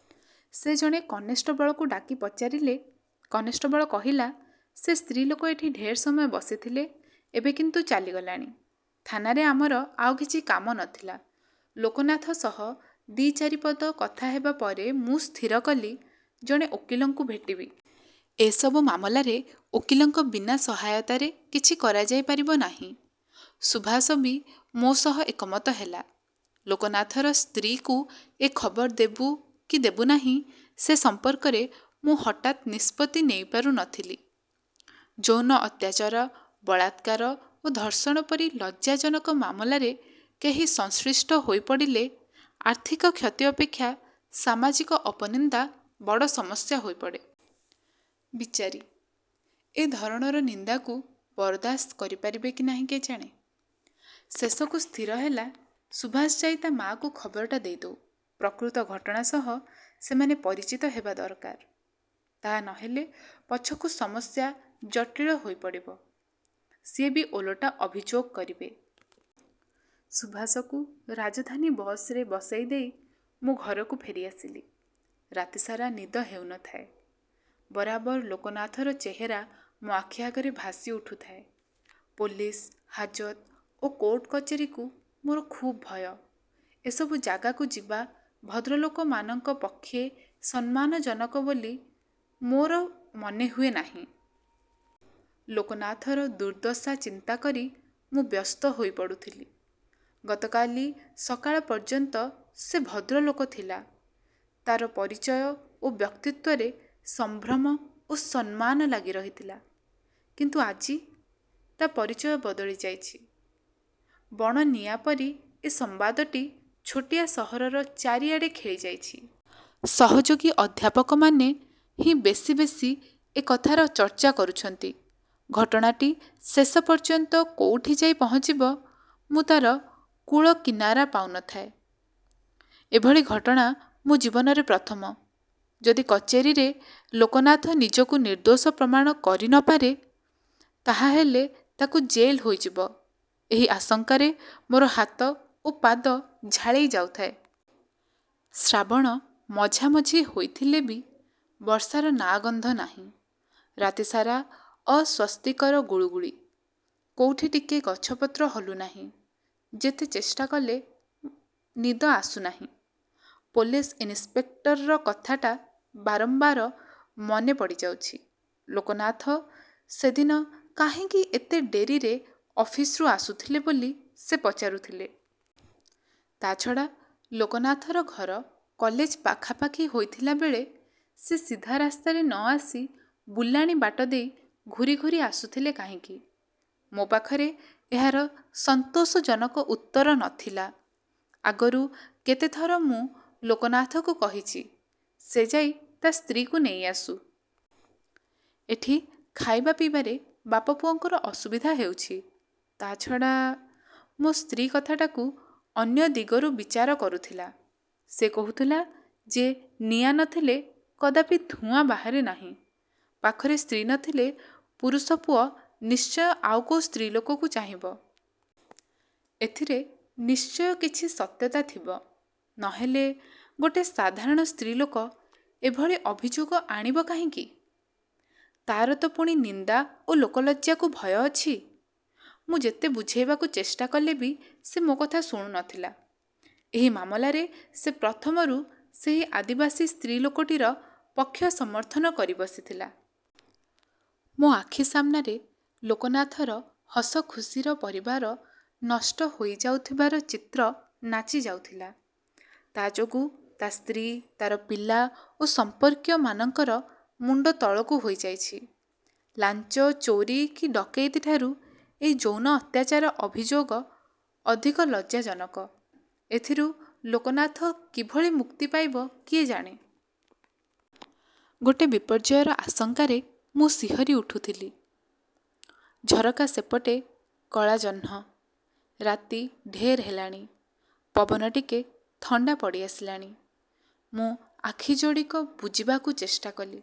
" ସେ ଜଣେ କନେଷ୍ଟବଳକୁ ଡାକି ପଚାରିଲେ। କନେଷ୍ଟବଳ କହିଲା, "ସେ ସ୍ତ୍ରୀଲୋକ ଏଠି ଢେର୍ ସମୟ ବସିଥିଲା, ଏବେ କିନ୍ତୁ ଚାଲିଗଲାଣି। " ଥାନାରେ ଆମର ଆଉ କିଛି କାମ ନ ଥିଲା। ଲୋକନାଥ ସହ ଦି ଚାରିପଦ କଥା ହେବାପରେ ମୁଁ ସ୍ଥିର କଲି ଜଣେ ଓକିଲଙ୍କୁ ଭେଟିବି। ଏସବୁ ମାମଲାରେ ଓକିଲଙ୍କ ବିନା ସହାୟତାରେ କିଛି କରାଯାଇପାରିବ ନାହିଁ। ସୁଭାଷ ବି ମୋ ସହ ଏକମତ ହେଲା। ଲୋକନାଥର ସ୍ତ୍ରୀକୁ ଏ ଖବର ଦେବୁ କି ଦେବୁ ନାହିଁ ସେ ସମ୍ପର୍କରେ ମୁଁ ହଠାତ୍ ନିଷ୍ପତ୍ତି ନେଇପାରୁ ନଥିଲି। ଯୌନ ଅତ୍ୟାଚାର, ବଳାତ୍କାର ଓ ଧର୍ଷଣ ପରି ଲଜ୍ଜାଜନକ ମାମଲାରେ କେହି ସଂଶ୍ଳିଷ୍ଟ ହୋଇପଡ଼ିଲେ ଆର୍ଥିକ କ୍ଷତି ଅପେକ୍ଷା ସାମାଜିକ ଅପନିନ୍ଦା ବଡ଼ ସମସ୍ୟା ହୋଇପଡ଼େ। ବିଚାରୀ! ଏ ଧରଣର ନିନ୍ଦାକୁ ବରଦାସ୍ତ କରିପାରିବେ କି ନାହିଁ କିଏ ଜାଣେ। ଶେଷକୁ ସ୍ଥିରହେଲା, ସୁଭାଷ ଯାଇ ତା ମାଆକୁ ଖବରଟା ଦେଇଦେଉ। ପ୍ରକୃତ ଘଟଣା ସହ ସେମାନେ ପରିଚିତ ହେବା ଦରକାର! ତାହା ନ ହେଲେ ପଛକୁ ସମସ୍ୟା ଜଟିଳ ହୋଇପଡ଼ିବ। ସିଏ ବି ଓଲଟା ଅଭିଯୋଗ କରିବେ। ସୁଭାଷକୁ ରାଜଧାନୀ ବସରେ ବସେଇ ଦେଇ ମୁଁ ଘରକୁ ଫେରିଆସିଲି। ରାତିସାରା ନିଦ ହେଉ ନଥାଏ। ବରାବର ଲୋକନାଥର ଚେହେରା ମୋ ଆଖି ଆଗରେ ଭାସି ଉଠୁଥାଏ। ପୋଲିସ୍, ହାଜତ ଓ କୋର୍ଟ କଚେରିକୁ ମୋର ଖୁବ୍ ଭୟ। ଏସବୁ ଜାଗାକୁ ଯିବା ଭଦ୍ରଲୋକମାନଙ୍କ ପକ୍ଷେ ସମ୍ମାନଜନକ ବୋଲି ମୋର ମନେହୁଏ ନାହିଁ। ଲୋକନାଥର ଦୁର୍ଦ୍ଦଶା ଚିନ୍ତା କରି ମୁଁ ବ୍ୟସ୍ତ ହୋଇପଡ଼ୁଥିଲି। ଗତକାଲି ସକାଳ ପର୍ଯ୍ୟନ୍ତ ସେ ଭଦ୍ରଲୋକ ଥିଲା। ତାର ପରିଚୟ ଓ ବ୍ୟକ୍ତିତ୍ୱରେ ସଂଭ୍ରମ ଓ ସମ୍ମାନ ଲାଗି ରହିଥିଲା। କିନ୍ତୁ ଆଜି ତା ପରିଚୟ ବଦଳି ଯାଇଚି। ବଣନିଆଁ ପରି ଏ ସମ୍ବାଦଟି ଛୋଟିଆ ସହରର ଚାରିଆଡ଼େ ଖେଳିଯାଇଛି। ସହଯୋଗୀ ଅଧ୍ୟାପକମାନେ ହିଁ ବେଶୀ ବେଶୀ ଏ କଥାର ଚର୍ଚ୍ଚା କରୁଛନ୍ତି। ଘଟଣାଟି ଶେଷ ପର୍ଯ୍ୟନ୍ତ କୋଉଠି ଯାଇ ପହଞ୍ଚିବ ମୁଁ ତାର କୂଳକିନାରା ପାଉ ନ ଥାଏ। ଏଭଳି ଘଟଣା ମୋ ଜୀବନରେ ପ୍ରଥମ। ଯଦି କଚେରିରେ ଲୋକନାଥ ନିଜକୁ ନିର୍ଦ୍ଦୋଷ ପ୍ରମାଣ କରି ନପାରେ ତାହାହେଲେ ତାକୁ ଜେଲ୍ ହୋଇଯିବ-ଏହି ଆଶଙ୍କାରେ ମୋ ହାତ ଓ ପାଦ ଝାଳେଇ ଯାଉଥାଏ। ଶ୍ରାବଣ ମଝାମଝି ହୋଇଥିଲେ ବି ବର୍ଷାର ନାଁ-ଗନ୍ଧ ନାହିଁ। ରାତିସାରା ଅସ୍ୱସ୍ତିକର ଗୁଳୁଗୁଳି। କୋଉଠି ଟିକେ ଗଛପତ୍ର ହଲୁନାହିଁ। ଯେତେ ଚେଷ୍ଟା କଲେ ନିଦ ଆସୁ ନାହିଁ। ପୋଲିସ୍ ଇନିସ୍ପେକ୍ଟରର କଥାଟା ବାରମ୍ବାର ମନେ ପଡ଼ିଯାଉଛି। ଲୋକନାଥ ସେଦିନ କାହିଁକି ଏତେ ଡେରିରେ ଅଫିସ୍ରୁ ଆସୁଥିଲେ ବୋଲି ସେ ପଚାରୁଥିଲେ। ତା'ଛଡ଼ା ଲୋକନାଥର ଘର କଲେଜ ପାଖାପାଖି ହୋଇଥିଲାବେଳେ ସେ ସିଧା ରାସ୍ତାରେ ନ ଆସି ବୁଲାଣି ବାଟ ଦେଇ ଘୂରି ଘୂରି ଆସୁଥିଲେ କାହିଁକି? ମୋ ପାଖରେ ଏହାର ସନ୍ତୋଷଜନକ ଉତ୍ତର ନ ଥିଲା। ଆଗରୁ କେତେଥର ମୁଁ ଲୋକନାଥକୁ କହିଛି, ସେ ଯାଇ ତା ସ୍ତ୍ରୀକୁ ନେଇ ଆସୁ। ଏଠି ଖାଇବା ପିଇବାରେ ବାପପୁଅଙ୍କର ଅସୁବିଧା ହେଉଛି। ତାଛଡ଼ା ମୋ ସ୍ତ୍ରୀ କଥାଟାକୁ ଅନ୍ୟ ଦିଗରୁ ବିଚାର କରୁଥିଲା। ସେ କହୁଥିଲା ଯେ ନିଆଁ ନଥିଲେ କଦାପି ଧୂଆଁ ବାହାରେ ନାହିଁ। ପାଖରେ ସ୍ତ୍ରୀ ନଥିଲେ ପୁରୁଷ ପୁଅ ନିଶ୍ଚୟ ଆଉ କୋଉ ସ୍ତ୍ରୀଲୋକକୁ ଚାହିଁବ। ଏଥିରେ ନିଶ୍ଚୟ କିଛି ସତ୍ୟତା ଥିବ। ନହେଲେ ଗୋଟେ ସାଧାରଣ ସ୍ତ୍ରୀଲୋକ ଏଭଳି ଅଭିଯୋଗ ଆଣିବ କାହିଁକି? ତାର ତ ପୁଣି ନିନ୍ଦା ଓ ଲୋକଲଜ୍ଜାକୁ ଭୟ ଅଛି? ମୁଁ ଯେତେ ବୁଝେଇବାକୁ ଚେଷ୍ଟା କଲେ ବି ସେ ମୋ କଥା ଶୁଣୁ ନଥିଲା। ଏହି ମାମଲାରେ ସେ ପ୍ରଥମରୁ ସେଇ ଆଦିବାସୀ ସ୍ତ୍ରୀଲୋକଟିର ପକ୍ଷ ସମର୍ଥନ କରି ବସିଥିଲା। ମୋ ଆଖି ସାମ୍ନାରେ ଲୋକନାଥର ହସଖୁସିର ପରିବାର ନଷ୍ଟ ହୋଇଯାଉଥିବାର ଚିତ୍ର ନାଚିଯାଉଥିଲା। ତା ଯୋଗୁଁ ତା ସ୍ତ୍ରୀ, ତାର ପିଲା ଓ ସଂପର୍କୀୟମାନଙ୍କର ମୁଣ୍ଡ ତଳକୁ ହୋଇଯାଇଛି। ଲାଞ୍ଚ, ଚୋରି କି ଡକେଇତିଠାରୁ ଏଇ ଯୌନ ଅତ୍ୟାଚାର ଅଭିଯୋଗ ଅଧିକ ଲଜ୍ଜାଜନକ। ଏଥିରୁ ଲୋକନାଥ କିଭଳି ମୁକ୍ତି ପାଇବ କିଏ ଜାଣେ? ଗୋଟେ ବିପର୍ଯ୍ୟୟର ଆଶଙ୍କାରେ ମୁଁ ଶିହରି ଉଠୁଥିଲି। ଝରକା ସେପଟେ କଳାଜହ୍ନ। ରାତି ଢେର୍ ହେଲାଣି। ପବନ ଟିକେ ଥଣ୍ଡା ପଡ଼ିଆସିଲାଣି। ମୁଁ ଆଖିଯୋଡ଼ିକ ବୁଜିବାକୁ ଚେଷ୍ଟା କଲି।